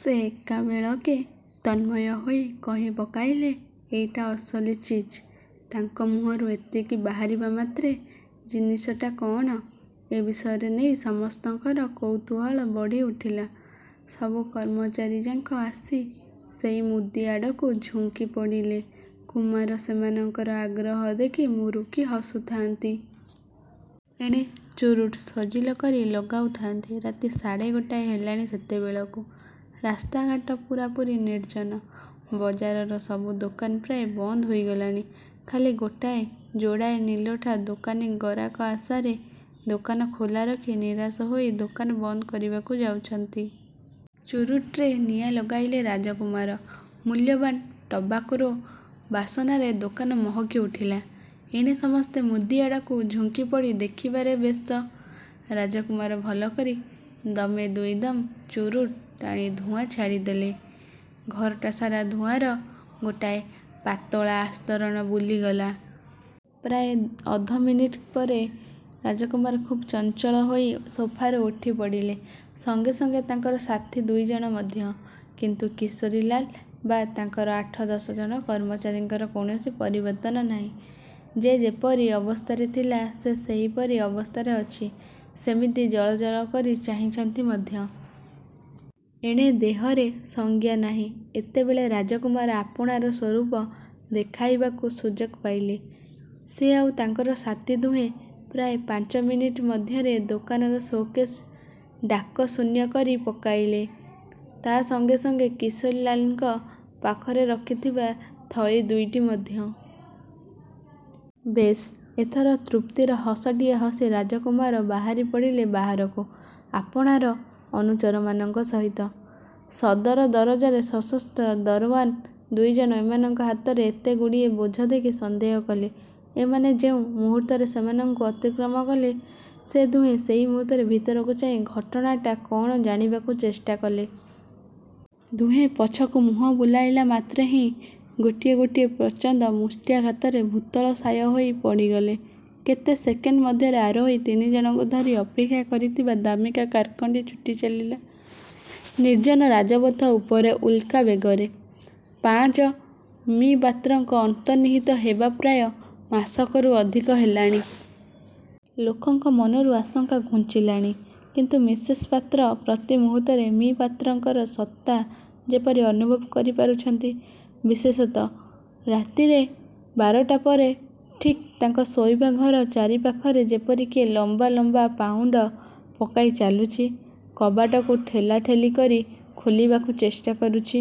ସେ ଏକାବେଳକେ ତନ୍ମୟ ହୋଇ କହି ପକାଇଲେ-''ଏଇଟା ଅସଲି ଚିଜ। '' ତାଙ୍କ ମୁହଁରୁ ଏତିକି ବାହାରିବା ମାତ୍ରେ 'ଜିନିଷଟା କଅଣ' ଏ ବିଷୟରେ ନେଇ ସମସ୍ତଙ୍କର କୌତୁହଳ ବଢ଼ି ଉଠିଲା। ସବୁ କର୍ମଚାରୀଯାକ ଆସି ସେହି ମୁଦି ଆଡ଼କୁ ଝୁଙ୍କି ପଡ଼ିଲେ। କୁମାର ସେମାନଙ୍କର ଆଗ୍ରହ ଦେଖି ମୁରୁକି ହସୁଥାନ୍ତି। ଏଣେ ଚୁରୁଟ୍ ସଜିଲ କରି ଲଗାଉଥାନ୍ତି। ରାତି ସାଢ଼େ ଗୋଟାଏ ହେଲାଣି ସେତେବେଳକୁ। ରାସ୍ତାଘାଟ ପୂରାପୂରି ନିର୍ଜନ। ବଜାରର ସବୁ ଦୋକାନ ପ୍ରାୟ ବନ୍ଦ ହୋଇ ଗଲାଣି। ଖାଲି ଗୋଟାଏ ଯୋଡ଼ାଏ ନିଲଠା ଦୋକାନୀ ଗରାକ ଆଶାରେ ଦୋକାନ ଖୋଲାରଖି ନିରାଶ ହୋଇ ଦୋକାନ ବନ୍ଦ କରିବାକୁ ଯାଉଛନ୍ତି। ଚୁରୁଟ୍ରେ ନିଆଁ ଲଗାଇଲେ ରାଜକୁମାର। ମୂଲ୍ୟବାନ ଟବାକୋର ବାସନାରେ ଦୋକାନ ମହକି ଉଠିଲା। ଏଣେ ସମସ୍ତେ ମୁଦି ଆଡ଼କୁ ଝୁଙ୍କିପଡ଼ି ଦେଖିବାରେ ବ୍ୟସ୍ତ। ରାଜକୁମାର ଭଲକରି ଦମେ ଦୁଇଦମ ଚୁରୁଟ୍ ଟାଣି ଧୂଆଁ ଛାଡ଼ି ଦେଲେ। ଘରଟା ସାରା ଧୂଆଁର ଗୋଟାଏ ପାତଳା ଆସ୍ତରଣ ବୁଲିଗଲା। ପ୍ରାୟ ଅଧମିନିଟକ ପରେ ରାଜକୁମାର ଖୁବ୍ ଚଞ୍ଚଳହୋଇ ସୋଫାରୁ ଉଠିପଡ଼ିଲେ। ସଙ୍ଗେ ସଙ୍ଗେ ତାଙ୍କର ସାଥି ଦୁଇଜଣ ମଧ୍ୟ। କିନ୍ତୁ କିଶୋରୀଲାଲ ବା ତାଙ୍କର ଆଠ ଦଶଜଣ କର୍ମଚାରୀଙ୍କର କୌଣସି ପରିବର୍ତ୍ତନ ନାହିଁ। ଯେ ଯେପରି ଅବସ୍ଥାରେ ଥିଲା, ସେ ସେହିପରି ଅବସ୍ଥାରେ ଅଛି। ସେମିତି ଜଳଜଳ କରି ଚାହିଁଛନ୍ତି ମଧ୍ୟ। ଏଣେ ଦେହରେ ସଜ୍ଞାନାହିଁ। ଏତେବେଳେ ରାଜକୁମାର ଆପଣାର ସ୍ୱରୂପ ଦେଖାଇବାକୁ ସୁଯୋଗ ପାଇଲେ। ସେ ଆଉ ତାଙ୍କର ସାଥି ଦୁହେଁ ପ୍ରାୟ ପାଞ୍ଚ ମିନିଟ ମଧ୍ୟରେ ଦୋକାନର ସୋ କେଶ୍ଗୁଡ଼ାକ ଶୂନ୍ୟ କରି ପକାଇଲେ। ତା' ସଙ୍ଗେ ସଙ୍ଗେ କିଶୋରୀଲାଲଙ୍କ ପାଖରେ ରଖି ଥିବା ଥଳି ଦୁଇଟି ମଧ୍ୟ। ବେଶ୍! ଏଥର ତୃପ୍ତିର ହସଟିଏ ହସି ରାଜକୁମାର ବାହାରି ପଡ଼ିଲେ ବାହାରକୁ, ଆପଣାର ଅନୁଚରମାନଙ୍କ ସହିତ। ସଦର ଦରଜାରେ ସଶସ୍ତ୍ର ଦରଓ୍ୱାନ୍ ଦୁଇଜଣ ଏମାନଙ୍କ ହାତରେ ଏତେଗୁଡ଼ିଏ ବୋଝ ଦେଖି ସନ୍ଦେହ କଲେ। ଏମାନେ ଯେଉଁ ମୁହୂର୍ତ୍ତରେ ସେମାନଙ୍କୁ ଅତିକ୍ରମ କଲେ ସେ ଦୁହେଁ ସେଇ ମୁହୂର୍ତ୍ତରେ ଭିତରକୁ ଚାହିଁ ଘଟଣାଟା କ'ଣ ଜାଣିବାକୁ ଚେଷ୍ଟାକଲେ। ଦୁହେଁ ପଛକୁ ମୁହଁ ବୁଲାଇଲା ମାତ୍ରେହିଁ ଗୋଟିଏ ଗୋଟିଏ ପ୍ରଚଣ୍ଡ ମୁଷ୍ଟ୍ୟାଘାତରେ ଭୂତଳଶାୟ ହୋଇ ପଡ଼ିଗଲେ। କେତେ ସେକେଣ୍ଡ ମଧ୍ୟରେ ଆରୋହୀ ତିନିଜଣଙ୍କୁ ଧରି ଅପେକ୍ଷା କରିଥିବା ଦାମୀକା କାର୍ଖଣ୍ଡି ଛୁଟି ଚାଲିଲା ନିର୍ଜନ ରାଜପଥ ଉପରେ ଉଲ୍କା ବେଗରେ। -ପାଞ୍ଚ- ମି: ପାତ୍ରଙ୍କ ଅନ୍ତର୍ନିହିତ ହେବା ପ୍ରାୟ ମାସକରୁ ଅଧିକ ହେଲାଣି। ଲୋକଙ୍କ ମନରୁ ଆଶଙ୍କା ଘୁଞ୍ଚିଲାଣି। କିନ୍ତୁ ମିସେସ୍ ପାତ୍ର ପ୍ରତିମୁହୂର୍ତ୍ତରେ ମି: ପାତ୍ରଙ୍କର ସତ୍ତା ଯେପରି ଅନୁଭବ କରିପାରୁଛନ୍ତି। ବିଶେଷତଃ ରାତିରେ, ବାରଟା ପରେ। ଠିକ୍ ତାଙ୍କ ଶୋଇବା ଘର ଚାରିପାଖରେ ଯେପରି କିଏ ଲମ୍ବା ଲମ୍ବା ପାହୁଣ୍ଡ ପକାଇ ଚାଲୁଛି। କବାଟକୁ ଠେଲା ଠେଲି କରି ଖୋଲିବାକୁ ଚେଷ୍ଟା କରୁଛି।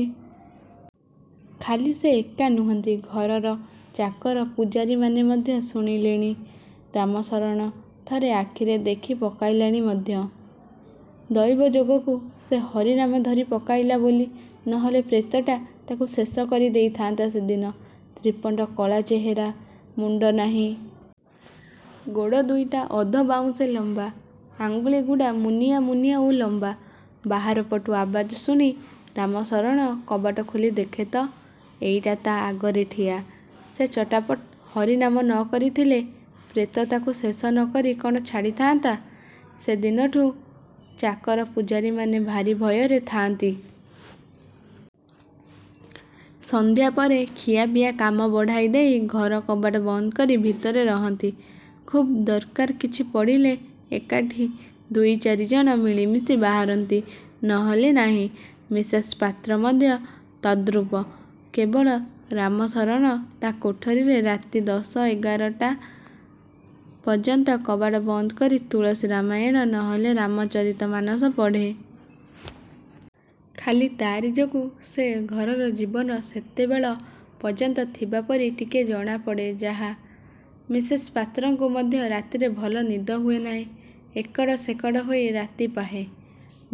ଖାଲି ସେ ଏକା ନୁହନ୍ତି; ଘରର ଚାକର ପୁଝାରୀମାନେ ମଧ୍ୟ ଶୁଣିଲେଣି। ରାମଶରଣ ଥରେ ଆଖିରେ ଦେଖି ପକାଇଲାଣି ମଧ୍ୟ। ଦୈବଯୋଗକୁ ସେ ହରିନାମ ଧରି ପକାଇଲା ବୋଲି, ନ ହେଲେ ପ୍ରେତଟା ତାକୁ ଶେଷ କରି ଦେଇଥାନ୍ତା ସେଦିନ। ତ୍ରିପଣ୍ଡକଳା ଚେହେରା। ମୁଣ୍ଡ ନାହିଁ। ଗୋଡ଼ ଦୁଇଟା ଅଧବାଉଁଶେ ଲମ୍ବା। ଆଙ୍ଗୁଳିଗୁଡ଼ା ମୁନିଆଁ ମୁନିଆଁ ଓ ଲମ୍ବା। ବାହାରପଟୁ ଆବାଜ ଶୁଣି ରାମଶରଣ କବାଟ ଖୋଲି ଦେଖେ ତ, ଏଇଟା ତା' ଆଗରେ ଠିଆ! ସେ ଚଟାପଟ୍ ହରିନାମ ନ କରିଥିଲେ ପ୍ରେତ ତାକୁ ଶେଷ ନକରି କ'ଣ ଛାଡ଼ିଥାନ୍ତା? ସେ ଦିନଠୁଁ ଚାକର ପୁଝାରୀମାନେ ଭାରି ଭୟରେ ଥାଆନ୍ତି। ସନ୍ଧ୍ୟା ପରେ ଖିଆ ପିଆ କାମ ବଢ଼ାଇ ଦେଇ ଘର କବାଟ ବନ୍ଦକରି ଭିତରେ ରହନ୍ତି। ଖୁବ୍ ଦରକାର କିଛି ପଡ଼ିଲେ ଏକାଠି ଦୁଇ ଚାରିଜଣ ମିଳି ମିଶି ବାହାରନ୍ତି, ନହେଲେ ନାହିଁ। ମିସେସ୍ ପାତ୍ର ମଧ୍ୟ ତଦ୍ରୂପ। କେବଳ ରାମଶରଣ ତା' କୋଠରୀରେ ରାତି ଦଶ ଏଗାରଟା ପର୍ଯ୍ୟନ୍ତ କବାଟ ବନ୍ଦ କରି ତୁଳସୀ ରାମାୟଣ, ନହେଲେ ରାମଚରିତମାନସ ପଢ଼େ। ଖାଲି ତା'ରି ଯୋଗୁ ସେ ଘରର ଜୀବନ ସେତେବେଳ ପର୍ଯ୍ୟନ୍ତ ଥିବାପରି ଟିକିଏ ଜଣାପଡ଼େ ଯାହା। ମିସେସ୍ ପାତ୍ରଙ୍କୁ ମଧ୍ୟ ରାତିରେ ଭଲ ନିଦ ହୁଏ ନାହିଁ। ଏକଡ଼ ସେକଡ଼ ହୋଇ ରାତି ପାହେ।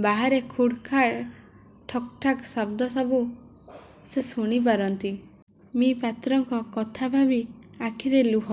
ବାହାରେ ଖୁଡ଼୍ ଖାଡ଼୍, ଠକ୍ ଠାକ୍ ଶବ୍ଦ ସବୁ ସେ ଶୁଣି ପାରନ୍ତି। ମି: ପାତ୍ରଙ୍କ କଥା ଭାବି ଆଖିରେ ଲୁହ।